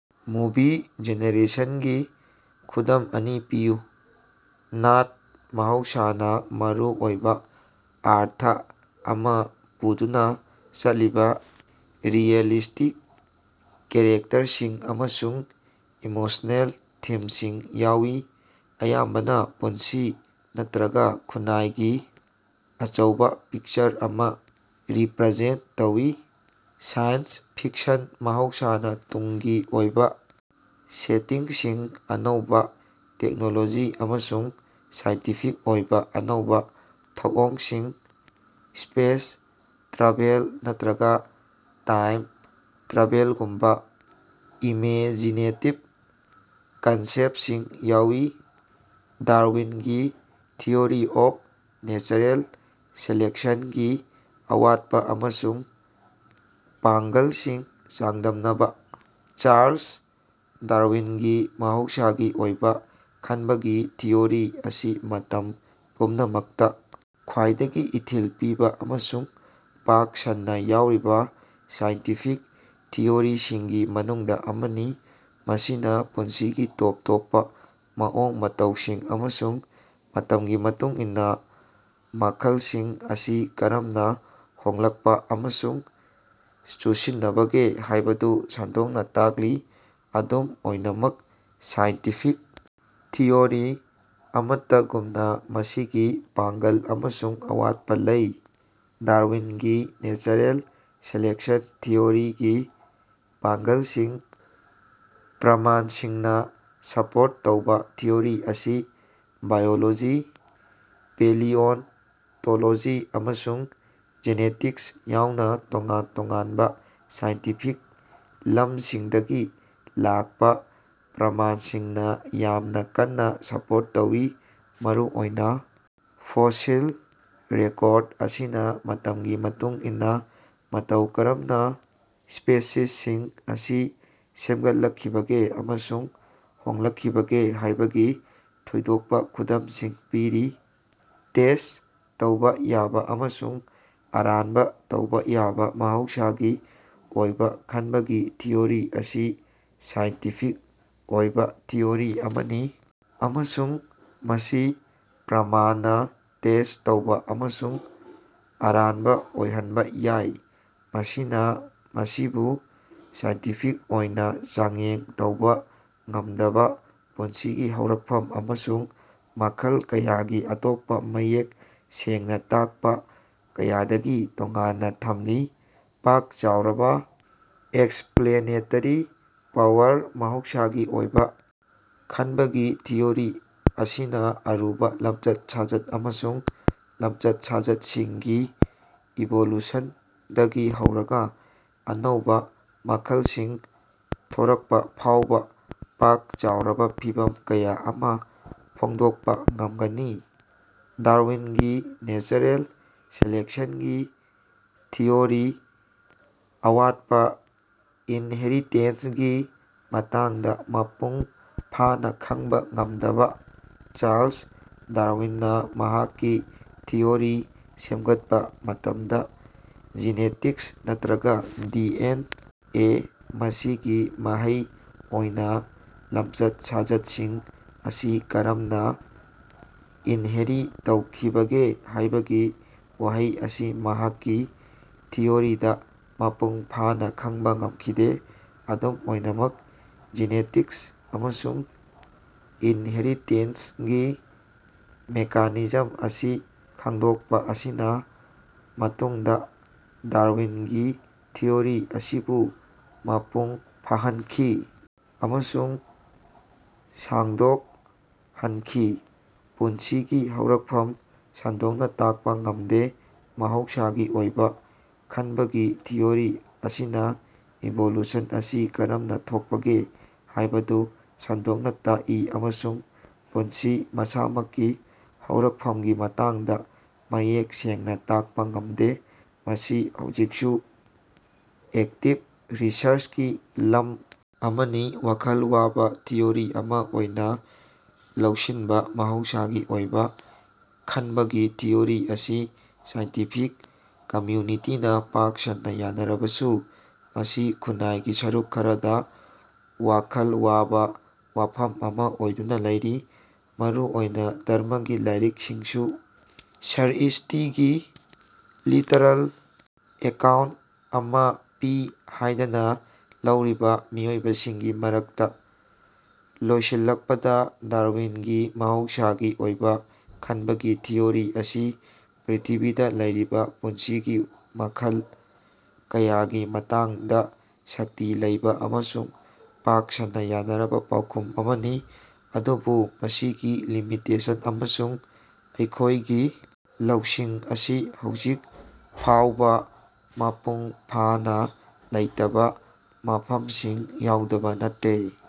Movie ꯖꯦꯅꯔꯦꯁꯟꯒꯤ ꯈꯨꯗꯝ ꯑꯅꯤ ꯄꯤꯌꯨ꯫ ꯅꯥꯠ ꯃꯍꯧꯁꯥꯅꯥ ꯃꯔꯨ ꯑꯣꯏꯕꯥ ꯑꯔꯊ ꯑꯃꯥ ꯄꯨꯗꯨꯅꯥ ꯆꯠꯂꯤꯕꯥ ꯔꯤꯑꯦꯂꯤꯁ꯭ꯇꯤꯛ ꯀꯦꯔꯦꯛꯇꯔꯁꯤꯡ ꯑꯃꯁꯨꯡ ꯏꯃꯣꯁꯅꯦꯜ ꯊꯤꯝꯁꯤꯡ ꯌꯥꯎꯏ, ꯑꯌꯥꯝꯕꯅꯥ ꯄꯨꯟꯁꯤ ꯅꯠꯇ꯭ꯔꯒꯥ ꯈꯨꯟꯅꯥꯏꯒꯤ ꯑꯆꯧꯕꯥ ꯄꯤꯛꯆꯔ ꯑꯃꯥ ꯔꯤꯞꯔꯖꯦꯟꯇ ꯇꯧꯏ꯫ ꯁꯥꯏꯟꯁ ꯐꯤꯛꯁꯟ ꯃꯍꯧꯁꯥꯅꯥ ꯇꯨꯡꯒꯤ ꯑꯣꯏꯕꯥ ꯁꯦꯇꯤꯡꯁꯤꯡ, ꯑꯅꯧꯕꯥ ꯇꯦꯛꯅꯣꯂꯣꯖꯤ ꯑꯃꯁꯨꯡ ꯁꯥꯏꯟꯇꯤꯐꯤꯛ ꯑꯣꯏꯕꯥ ꯑꯅꯧꯕꯥ ꯊꯧꯑꯣꯡꯁꯤꯡ, ꯁ꯭ꯄꯦꯁ ꯇ꯭ꯔꯥꯚꯦꯜ ꯅꯠꯇ꯭ꯔꯒꯥ ꯇꯥꯏꯝ-ꯇ꯭ꯔꯥꯚꯦꯂꯒꯨꯝꯕꯥ ꯏꯃꯦꯖꯤꯅꯦꯇꯤꯕ ꯀꯟꯁꯦꯞꯇꯁꯤꯡ ꯌꯥꯎꯏ꯫ ꯗꯥꯔꯋꯤꯟꯒꯤ ꯊꯤꯑꯣꯔꯤ ꯑꯣꯐ ꯅꯦꯆꯔꯦꯜ ꯁꯦꯂꯦꯛꯁꯟꯒꯤ ꯑꯋꯥꯠꯄꯥ ꯑꯃꯁꯨꯡ ꯄꯥꯡꯒ꯭ꯜꯁꯤꯡ ꯆꯥꯡꯗꯝꯅꯕꯥ꯫ ꯆꯥꯔꯂꯁ ꯗꯥꯔꯋꯤꯟꯒꯤ ꯃꯍꯧꯁꯥꯒꯤ ꯑꯣꯏꯕꯥ ꯈꯟꯕꯒꯤ ꯊꯤꯑꯣꯔꯤ ꯑꯁꯤ ꯃꯇꯝ ꯄꯨꯝꯅꯃꯛꯇꯥ ꯈ꯭ꯋꯥꯏꯗꯒꯤ ꯏꯊꯤꯜ ꯄꯤꯕꯥ ꯑꯃꯁꯨꯡ ꯄꯥꯛ ꯁꯟꯅꯥ ꯌꯥꯎꯔꯤꯕꯥ ꯁꯥꯏꯟꯇꯤꯐꯤꯛ ꯊꯤꯑꯣꯔꯤꯁꯤꯡꯒꯤ ꯃꯅꯨꯡꯗꯥ ꯑꯃꯅꯤ, ꯃꯁꯤꯅꯥ ꯄꯨꯟꯁꯤꯒꯤ ꯇꯣꯞ ꯇꯣꯞꯄꯥ ꯃꯑꯣꯡ ꯃꯇꯧꯁꯤꯡ ꯑꯃꯁꯨꯡ ꯃꯇꯝꯒꯤ ꯃꯇꯨꯡ ꯏꯟꯅꯥ ꯃꯈꯜꯁꯤꯡ ꯑꯁꯤ ꯀꯔꯝꯅꯥ ꯍꯣꯡꯂꯛꯄꯥ ꯑꯃꯁꯨꯡ ꯆꯨꯁꯤꯟꯅꯕꯒꯦ ꯍꯥꯏꯕꯗꯨ ꯁꯟꯗꯣꯛꯅꯥ ꯇꯥꯛꯂꯤ꯫ ꯑꯗꯨꯝ ꯑꯣꯏꯅꯃꯛ ꯁꯥꯏꯟꯇꯤꯐꯤꯛ ꯊꯤꯑꯣꯔꯤ ꯑꯃꯠꯇꯒꯨꯝꯅꯥ ꯃꯁꯤꯒꯤ ꯄꯥꯡꯒ꯭ꯜ ꯑꯃꯁꯨꯡ ꯑꯋꯥꯠꯄꯥ ꯂꯩ꯫ ꯗꯥꯔꯋꯤꯟꯒꯤ ꯅꯦꯆꯔꯦꯜ ꯁꯦꯂꯦꯛꯁꯟ ꯊꯤꯑꯣꯔꯤꯒꯤ ꯄꯥꯡ꯭ꯒꯜꯁꯤꯡ ꯄ꯭ꯔꯃꯥꯟꯁꯤꯡꯅꯥ ꯁꯄꯣꯔꯠ ꯇꯧꯕꯥ ꯊꯤꯑꯣꯔꯤ ꯑꯁꯤ ꯕꯥꯏꯑꯣꯂꯣꯖꯤ, ꯄꯦꯂꯤꯑꯣꯟꯇꯣꯂꯣꯖꯤ, ꯑꯃꯁꯨꯡ ꯖꯦꯅꯦꯇꯤꯛꯁ ꯌꯥꯎꯅꯥ ꯇꯣꯉꯥꯟ ꯇꯣꯉꯥꯟꯕꯥ ꯁꯥꯏꯟꯇꯤꯐꯤꯛ ꯂꯝꯁꯤꯡꯗꯒꯤ ꯂꯥꯛꯄꯥ ꯄ꯭ꯔꯃꯥꯟꯁꯤꯡꯅꯥ ꯌꯥꯝꯅꯥ ꯀꯟꯅꯥ ꯁꯄꯣꯔꯠ ꯇꯧꯏ꯫ ꯃꯔꯨꯑꯣꯏꯅꯥ ꯐꯣꯁꯤꯜ ꯔꯦꯀꯣꯔꯗ ꯑꯁꯤꯅꯥ ꯃꯇꯝꯒꯤ ꯃꯇꯨꯡ ꯏꯟꯅꯥ ꯃꯇꯧ ꯀꯔꯝꯅꯥ ꯁ꯭ꯄꯦꯁꯤꯁꯁꯤꯡ ꯑꯁꯤ ꯁꯦꯝꯒꯠꯂꯛꯈꯤꯕꯒꯦ ꯑꯃꯁꯨꯡ ꯍꯣꯡꯂꯛꯈꯤꯕꯒꯦ ꯍꯥꯏꯕꯒꯤ ꯊꯣꯏꯗꯣꯛꯄꯥ ꯈꯨꯗꯝꯁꯤꯡ ꯄꯤꯔꯤ꯫ ꯇꯦꯁ꯭ꯠ ꯇꯧꯕ ꯌꯥꯕ ꯑꯃꯁꯨꯡ ꯑꯔꯥꯟꯕ ꯇꯧꯕ ꯌꯥꯕ ꯃꯍꯧꯁꯥꯒꯤ ꯑꯣꯏꯕ ꯈꯟꯕꯒꯤ ꯊꯤꯑꯣꯔꯤ ꯑꯁꯤ ꯁꯥꯏꯟꯇꯤꯐꯤꯛ ꯑꯣꯏꯕ ꯊꯤꯑꯣꯔꯤ ꯑꯃꯅꯤ ꯑꯃꯁꯨꯡ ꯃꯁꯤ ꯄ꯭ꯔꯃꯥꯟꯅꯥ ꯇꯦꯁ꯭ꯠ ꯇꯧꯕ ꯑꯃꯁꯨꯡ ꯑꯔꯥꯟꯕꯥꯑꯣꯏꯍꯟꯕ ꯌꯥꯏ꯫ ꯃꯁꯤꯅꯥ ꯃꯁꯤꯕꯨ ꯁꯥꯏꯟꯇꯤꯐꯤꯛ ꯑꯣꯏꯅ ꯆꯥꯡꯌꯦꯡ ꯇꯧꯕ ꯉꯝꯗꯕꯥ ꯄꯨꯟꯁꯤꯒꯤ ꯍꯧꯔꯛꯐꯝ ꯑꯃꯁꯨꯡ ꯃꯈꯜ ꯀꯌꯥꯒꯤ ꯑꯇꯣꯞꯄꯥ ꯃꯌꯦꯛ ꯁꯦꯡꯅꯥ ꯇꯥꯛꯄꯥ ꯀꯌꯥꯗꯒꯤ ꯇꯣꯉꯥꯟꯅꯥ ꯊꯝꯂꯤ꯫ ꯄꯥꯛ ꯆꯥꯎꯔꯕꯥ ꯑꯦꯛꯁꯞꯂꯦꯅꯦꯇꯦꯔꯤ ꯄꯥꯋꯔ ꯃꯍꯧꯁꯥꯒꯤ ꯑꯣꯏꯕꯥ ꯈꯟꯕꯒꯤ ꯊꯤꯑꯣꯔꯤ ꯑꯁꯤꯅꯥ ꯑꯔꯨꯕꯥ ꯂꯝꯆꯠ ꯁꯥꯖꯠ ꯑꯃꯁꯨꯡ ꯂꯝꯆꯠ-ꯁꯥꯖꯠꯁꯤꯡꯒꯤ ꯏꯚꯣꯂꯨꯁꯟꯗꯒꯤ ꯍꯧꯔꯒꯥ ꯑꯅꯧꯕꯥ ꯃꯈꯜꯁꯤꯡ ꯊꯣꯔꯛꯄ ꯐꯥꯎꯕꯥ ꯄꯥꯛ ꯆꯥꯎꯔꯕꯥ ꯐꯤꯚꯝ ꯀꯌꯥ ꯑꯃꯥ ꯐꯣꯡꯗꯣꯛꯄꯥ ꯉꯝꯒꯅꯤ꯫ ꯗꯥꯔꯋꯤꯟꯒꯤ ꯅꯦꯆꯔꯦꯜ ꯁꯦꯂꯦꯛꯁꯟꯒꯤ ꯊꯤꯑꯣꯔꯤꯒꯤ ꯑꯋꯥꯠꯄꯥ ꯏꯟꯍꯦꯔꯤꯇꯦꯁꯅꯒꯤ ꯃꯇꯥꯡꯗꯥ ꯃꯄꯨꯡ ꯐꯥꯅꯥ ꯈꯪꯕꯥ ꯉꯝꯗꯕꯥ ꯆꯥꯔꯂꯁ ꯗꯥꯔꯋꯤꯟꯅꯥ ꯃꯍꯥꯛꯀꯤ ꯊꯤꯑꯣꯔꯤ ꯁꯦꯝꯒꯠꯄꯥ ꯃꯇꯝꯗ ꯖꯤꯅꯦꯇꯤꯛꯁ ꯅꯠꯇ꯭ꯔꯒ ꯗꯤ.ꯑꯦꯟ. ꯑꯦ. ꯃꯁꯤꯒꯤ ꯃꯍꯩ ꯑꯣꯏꯅꯥ ꯂꯝꯆꯠ-ꯁꯥꯖꯠꯁꯤꯡ ꯑꯁꯤ ꯀꯔꯝꯅꯥ ꯏꯟꯍꯦꯔꯤ ꯇꯧꯈꯤꯕꯒꯦ ꯍꯥꯏꯕꯒꯤ ꯋꯥꯍꯪ ꯑꯁꯤ ꯃꯍꯥꯛꯀꯤ ꯊꯤꯑꯣꯔꯤꯗꯥ ꯃꯄꯨꯡ ꯐꯥꯅꯥ ꯈꯪꯕꯥ ꯉꯃꯈꯤꯗꯦ꯫ ꯑꯗꯨꯝ ꯑꯣꯏꯅꯃꯛ, ꯖꯤꯅꯦꯇꯤꯛꯁ ꯑꯃꯁꯨꯡ ꯏꯟꯍꯦꯔꯤꯇꯦꯁꯅꯒꯤ ꯃꯦꯀꯥꯅꯤꯖꯝ ꯑꯁꯤ ꯈꯪꯗꯣꯛꯄꯥ ꯑꯁꯤꯅꯥ ꯃꯇꯨꯡꯗꯥ ꯗꯥꯔꯋꯤꯟꯒꯤ ꯊꯤꯑꯣꯔꯤ ꯑꯁꯤꯕꯨ ꯃꯄꯨꯡ ꯐꯥꯍꯟꯈꯤ ꯑꯃꯁꯨꯡ ꯁꯥꯡꯗꯣꯛꯍꯟꯈꯤ꯫ ꯄꯨꯟꯁꯤꯒꯤ ꯍꯧꯔꯛꯐꯝ ꯁꯟꯗꯣꯛꯅꯥ ꯇꯥꯛꯄꯥ ꯉꯃꯗꯦ ꯃꯍꯧꯁꯥꯒꯤ ꯑꯣꯏꯕꯥ ꯈꯅꯕꯒꯤ ꯊꯤꯑꯣꯔꯤ ꯑꯁꯤꯅꯥ ꯏꯚ꯭ꯣꯂꯨꯁꯟ ꯑꯁꯤ ꯀꯔꯝꯅꯥ ꯊꯣꯛꯄꯒꯦ ꯍꯥꯏꯕꯗꯨ ꯁꯟꯗꯣꯛꯅꯥ ꯇꯥꯛꯏ ꯑꯗꯨꯕꯨ ꯄꯨꯟꯁꯤ ꯃꯁꯥꯃꯛꯀꯤ ꯍꯧꯔꯛꯐꯝꯒꯤ ꯃꯇꯥꯡꯗꯥ ꯃꯌꯦꯛ ꯁꯦꯡꯅꯥ ꯇꯥꯛꯄꯥ ꯉꯝꯗꯦ꯫ ꯃꯁꯤ ꯍꯧꯖꯤꯛꯁꯨ ꯑꯦꯛꯇꯤꯕ ꯔꯤꯁꯔꯆꯀꯤ ꯂꯝ ꯑꯃꯅꯤ꯫ ꯋꯥꯈꯜ ꯋꯥꯕꯥ ꯊꯤꯑꯣꯔꯤ ꯑꯃꯥ ꯑꯣꯏꯅꯥ ꯂꯧꯁꯤꯅꯕꯥ ꯃꯍꯧꯁꯥꯒꯤ ꯑꯣꯏꯕꯥ ꯈꯟꯕꯒꯤ ꯊꯤꯑꯣꯔꯤ ꯑꯁꯤ ꯁꯥꯏꯟꯇꯤꯐꯤꯛ ꯀꯝꯌꯨꯅꯤꯇꯤꯅꯥ ꯄꯥꯛ ꯁꯟꯅꯥ ꯌꯥꯅꯔꯕꯁꯨ, ꯃꯁꯤ ꯈꯨꯟꯅꯥꯏꯒꯤ ꯁꯔꯨꯛ ꯈꯔꯗꯥ ꯋꯥꯈꯜ ꯋꯥꯕ ꯋꯥꯐꯝ ꯑꯃꯥ ꯑꯣꯏꯗꯨꯅꯥ ꯂꯩꯔꯤ, ꯃꯔꯨ ꯑꯣꯏꯅꯥ ꯙꯔꯝꯃꯒꯤ ꯂꯥꯏꯔꯤꯛꯁꯤꯡꯕꯨ ꯁ꯭ꯔ꯭ꯏꯁ꯭ꯇꯤꯒꯤ ꯂꯤꯇꯔꯜ ꯑꯦꯀꯥꯎꯟꯇ ꯑꯃꯥ ꯄꯤ ꯍꯥꯏꯗꯅ ꯂꯧꯔꯤꯕꯥ ꯃꯤꯑꯣꯏꯕꯁꯤꯡꯒꯤ ꯃꯔꯛꯇꯥ꯫ ꯂꯣꯏꯁꯤꯜꯂꯛꯄꯗꯥ, ꯗꯥꯔꯋꯤꯟꯒꯤ ꯃꯍꯧꯁꯥꯒꯤ ꯑꯣꯏꯕꯥ ꯈꯟꯕꯒꯤ ꯊꯤꯑꯣꯔꯤ ꯑꯁꯤ ꯄ꯭ꯔ꯭ꯤꯊꯤꯕꯤꯗꯥ ꯂꯩꯔꯤꯕꯥ ꯄꯨꯟꯁꯤꯒꯤ ꯃꯈꯜ ꯀꯌꯥꯒꯤ ꯃꯇꯥꯡꯗꯥ ꯁꯛꯇꯤ ꯂꯩꯕ ꯑꯃꯁꯨꯡ ꯄꯥꯛ ꯁꯟꯅꯥ ꯌꯥꯅꯔꯕꯥ ꯄꯥꯎꯈꯨꯝ ꯑꯃꯅꯤ, ꯑꯗꯨꯕꯨ ꯃꯁꯤꯒꯤ ꯂꯤꯃꯤꯇꯦꯁꯟ ꯑꯃꯁꯨꯡ ꯑꯩꯈꯣꯏꯒꯤ ꯂꯧꯁꯤꯡ ꯑꯁꯤ ꯍꯧꯖꯤꯛ ꯐꯥꯑꯣꯕꯥ ꯃꯄꯨꯡ ꯐꯥꯅꯥ ꯂꯩꯇꯕꯥ ꯃꯐꯝꯁꯤꯡ ꯌꯥꯎꯗꯕꯥ ꯅꯠꯇꯦ꯫